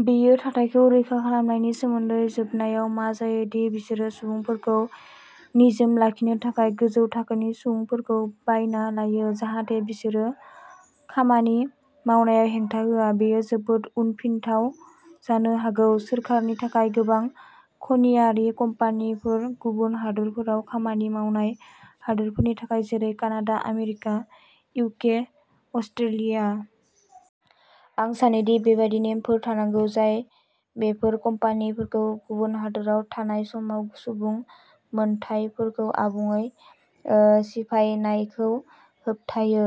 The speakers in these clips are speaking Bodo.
बेयो थाथायखौ रैखा खालामनायनि सोमोन्दै, जोबनायाव मा जायो दि बिसोरो सुबुंफोरखौ निजोम लाखिनो थाखाय गोजौ थाखोनि सुबुंफोरखौ बायना लायो, जाहाथे बिसोरो खामानि मावनायाव हेंथा होआ। बेयो जोबोद उनफिनथाव जानो हागौ। सोरखारनि थाखाय गोबां खनियारि कम्पानिफोर गुबुन हादोरफोराव खामानि मावनाय हादोरफोरनि थाखाय, जेरै कानाडा, आमेरिका, इउके, अस्ट्रेलिया । आं सानो दि बेबादि नेमफोर थानांगौ जाय बेफोर कम्पानिफोरखौ गुबुन हादोराव थानाय समाव सुबुं मोनथायफोरखौ आबुङै ओ सिफायनायखौ होबथायो।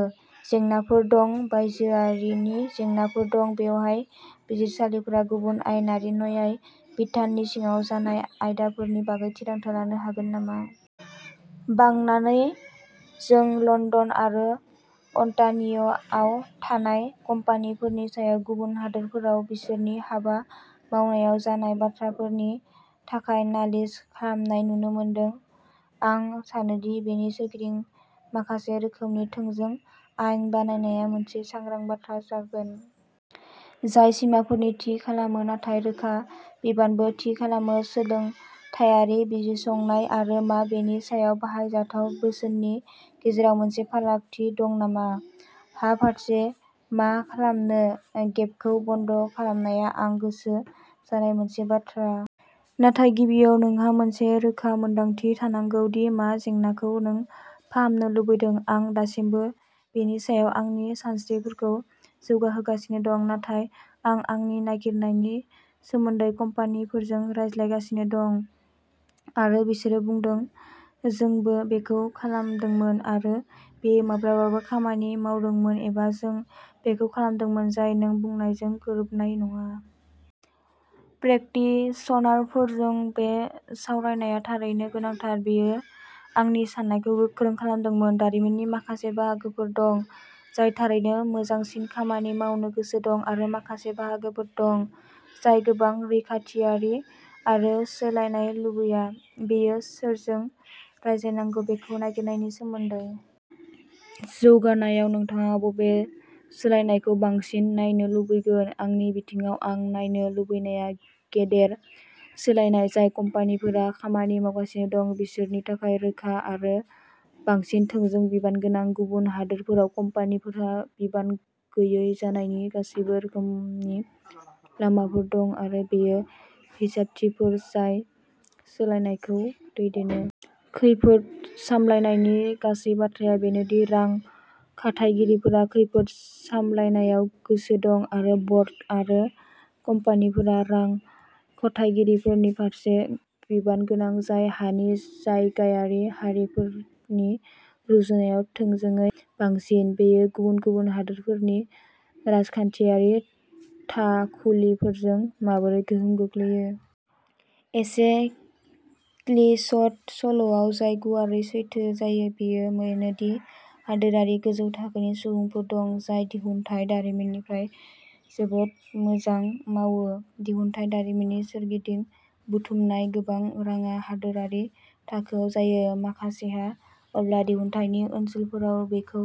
जेंनाफोर दं, बायजोआरिनि जेंनाफोर दं, बेवहाय बिजिरसालिफोरा गुबुन आयेनारि न्याय बिधाननि सिङाव जानाय आयदाफोरनि बागै थिरांथा लानो हागोन नामा? बांनानै जों लण्डन आरो अन्टारिय'आव थानाय कम्पानिफोरनि सायाव गुबुन हादोरफोराव बिसोरनि हाबा मावनायाव जानाय बाथ्राफोरनि थाखाय नालिस खालामनाय नुनो मोनदों। आं सानो दि बेनि सोरगिदिं माखासे रोखोमनि थोंजों आयेन बानायनाया मोनसे सांग्रां बाथ्रा जागोन। जाय सिमाफोर थि खालामो, नाथाय रोखा बिबानबो थि खालामो। सोलोंथायारि बिजिरसंनाय आरो मा बेनि सायाव बाहायजाथाव बोसोननि गेजेराव मोनसे फारागथि दं नामा? हा फारसे मा खालामनो? गेपखौ बन्द खालामनाया आं गोसो जानाय मोनसे बाथ्रा। नाथाय गिबियाव नोंहा मोनसे रोखा मोनदांथि थानांगौ दि मा जेंनाखौ नों फाहामनो लुबैदों। आं दासिमबो बेनि सायाव आंनि सानस्रिफोरखौ जौगाहोगासिनो दं। नाथाय आं आंनि नागिरनायनि सोमोन्दै कम्पानिफोरजों रायज्लायगासिनो दं आरो बिसोरो बुंदों, "जोंबो बेखौ खालामदोंमोन आरो बेयो माब्लाबा खामानि मावदोंमोन", एबा "जों बेखौ खालामदोंमोन, जाय नों बुंनायजों गोरोबनाय नङा।" प्रेकटिशनारफोरजों बे सावरायनाया थारैनो गोनांथार, बेयो आंनि साननायखौ गोख्रों खालामदों। दारिमिननि माखासे बाहागोफोर दं जाय थारैनो मोजांसिन खामानि मावनो गोसो दं आरो माखासे बाहागोफोर दं जाय गोबां रैखाथियारि आरो सोलायनाय लुबैया। बेयो सोरजों रायज्लायनांगौ बेखौ नागिरनायनि सोमोन्दै। जौगानायाव नोंथाङा बबे सोलायनायखौ बांसिन नायनो लुबैगोन? आंनि बिथिङाव, आं नायनो लुबैनाया गेदेर सोलायनाय जाय कम्पानिफोरा खामानि मावगासिनो दं बिसोरनि थाखाय रोखा आरो बांसिन थोंजों बिबानगोनां। गुबुन हादोरफोराव कम्पानिफोरहा बिबान गैयै जानायनि गासैबो रोखोमनि लामाफोर दं आरो बेयो हिसाबथिफोर जाय सोलायनायखौ दैदेनो। खैफोद सामलायनायनि गासै बाथ्राया बेनो दि रां खाथायगिरिफोरा खैफोद सामलायनायाव गोसो दं आरो ब'र्ड आरो कम्पानिफोरा रां खाथायगिरिफोरनि फारसे बिबान गोनां जाय हानि जायगायारि हारिफोरनि रुजुनायाव थोंजोङै बांसिन। बेयो गुबुन गुबुन हादोरफोरनि राजखान्थियारि थाखुलिफोरजों माबोरै गोहोम गोग्लैयो? एसे क्लिचड सल'आ जाय गुवारै सैथो जायो बेयो बेनो दि हादोरारि गोजौ थाखोनि सुबुंफोर दं जाय दिहुनथाय दारिमिननिफ्राय जोबोद मोजां मावो। दिहुनथाय दारिमिननि सोरगिदिं बुथुमनाय गोबां रांआ हादोरारि थाखोआव जायो। माखासेहा अब्ला दिहुनथायनि ओनसोलफोराव बेखौ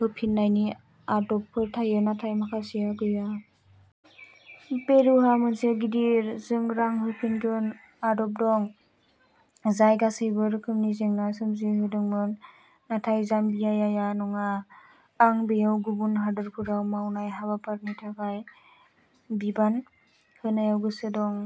होफिन्नायनि आदबफोर थायो, नाथाय माखासेहा गैया। पेरुहा मोनसे गिदिर "जों रां होफिनगोन" आदब दं, जाय गासैबो रोखोमनि जेंना सोमजिहोदोंमोन, नाथाय जाम्बियाया नङा। आं बेयाव गुबुन हादोरफोराव मावनाय हाबाफोरनि थाखाय बिबान होनायाव गोसो दं।